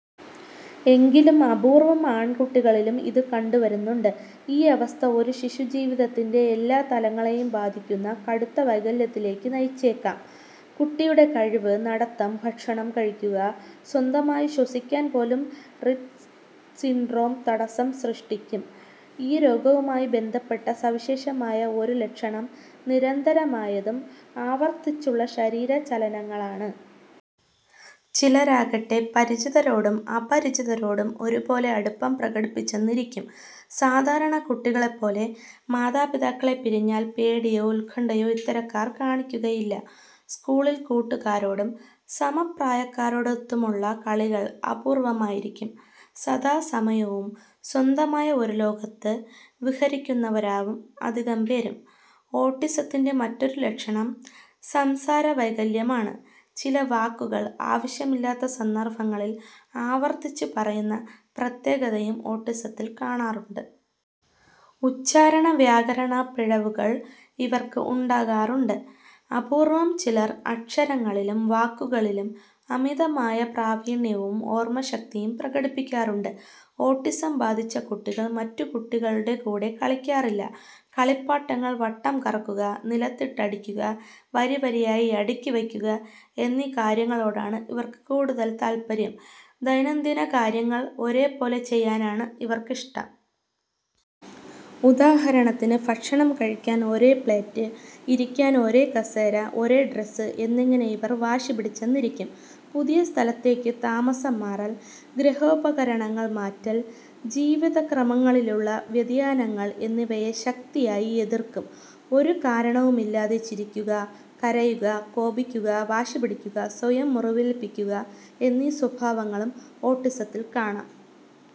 എങ്കിലും അപൂര്വ്വം ആൺകുട്ടികളിലും ഇത് കണ്ടു വരുന്നുണ്ട്. ഈ അവസ്ഥ ഒരു ശിശു ജീവിതത്തിന്റെ എല്ലാ തലങ്ങളെയും ബാധിക്കുന്ന കടുത്ത വൈകല്യത്തിലേക്ക് നയിച്ചേക്കാം. കുട്ടിയുടെ കഴിവ്, നടത്തം, ഭക്ഷണം കഴിക്കുക, സ്വന്തമായി ശ്വസിക്കാൻ പോലും റിറ്റ് സിൻഡ്രോം തടസ്സം സൃഷ്ടിക്കും. ഈ രോഗവുമായി ബന്ധപ്പെട്ട സവിശേഷമായ ഒരു ലക്ഷണം നിരന്തരമായതും ആവർത്തിച്ചുള്ള ശരീര ചലനങ്ങളാണ്. ചിലരാകട്ടെ പരിചിതരോടും അപരിചിതരോടും ഒരുപോലെ അടുപ്പം പ്രകടിപ്പിച്ചെന്നിരിക്കും. സാധാരണ കുട്ടികളെപ്പോലെ, മാതാപിതാക്കളെ പിരിഞ്ഞാൽ പേടിയോ ഉത്കണ്ഠയോ ഇത്തരക്കാർ കാണിക്കുകയില്ല. സ്കൂളിൽ കൂട്ടുകാരോടും സമപ്രായക്കാരോടുമൊത്തുള്ള കളികൾ അപൂർവമായിരിക്കും. സദാസമയവും സ്വന്തമായ ഒരു ലോകത്ത് വിഹരിക്കുന്നവരാകും അധികം പേരും. ഓട്ടിസത്തിൻെറ മറ്റൊരു ലക്ഷണം സംസാരവൈകല്യമാണ്. ചില വാക്കുകൾ ആവശ്യമില്ലാത്ത സന്ദർഭങ്ങളിൽ ആവർത്തിച്ച് പറയുന്ന പ്രത്യേകതയും ഓട്ടിസത്തിൽ കാണാറുണ്ട്. ഉച്ചാരണ, വ്യാകരണ പിഴവുകൾ ഇവർക്ക് ഉണ്ടാകാറുണ്ട്. അപൂർവം ചിലർ അക്ഷരങ്ങളിലും വാക്കുകളിലും അമിതമായ പ്രാവീണ്യവും ഓർമശക്തിയും പ്രകടിപ്പിക്കാറുണ്ട്. ഓട്ടിസം ബാധിച്ച കുട്ടികൾ മറ്റു കുട്ടികളുടെ കൂടെ കളിക്കാറില്ല. കളിപ്പാട്ടങ്ങൾ വട്ടംകറക്കുക, നിലത്തിട്ട് അടിക്കുക, വരിവരിയായി അടുക്കിവെക്കുക എന്നീ കാര്യങ്ങളോടാണ് ഇവർക്ക് കൂടുതൽ താൽപര്യം. ദൈനംദിന കാര്യങ്ങൾ ഒരേപോലെ ചെയ്യാനാണ് ഇവർക്കിഷ്ടം. ഉദാഹരണത്തിന് ഭക്ഷണം കഴിക്കാൻ ഒരേ പ്ളേറ്റ്, ഇരിക്കാൻ ഒരേ കസേര, ഒരേ ഡ്രസ് എന്നിങ്ങനെ ഇവർ വാശിപിടിച്ചെന്നിരിക്കും. പുതിയ സ്ഥലത്തേക്ക് താമസം മാറൽ, ഗൃഹോപകരണങ്ങൾ മാറ്റൽ, ജീവിതക്രമങ്ങളിലുള്ള വ്യതിയാനങ്ങൾ എന്നിവയെ ശക്തിയായി എതിർക്കും. ഒരു കാരണവുമില്ലാതെ ചിരിക്കുക, കരയുക, കോപിക്കുക, വാശിപിടിക്കുക, സ്വയം മുറിവേൽപിക്കുക എന്നീ സ്വഭാവങ്ങളും ഓട്ടിസത്തിൽ കാണാം.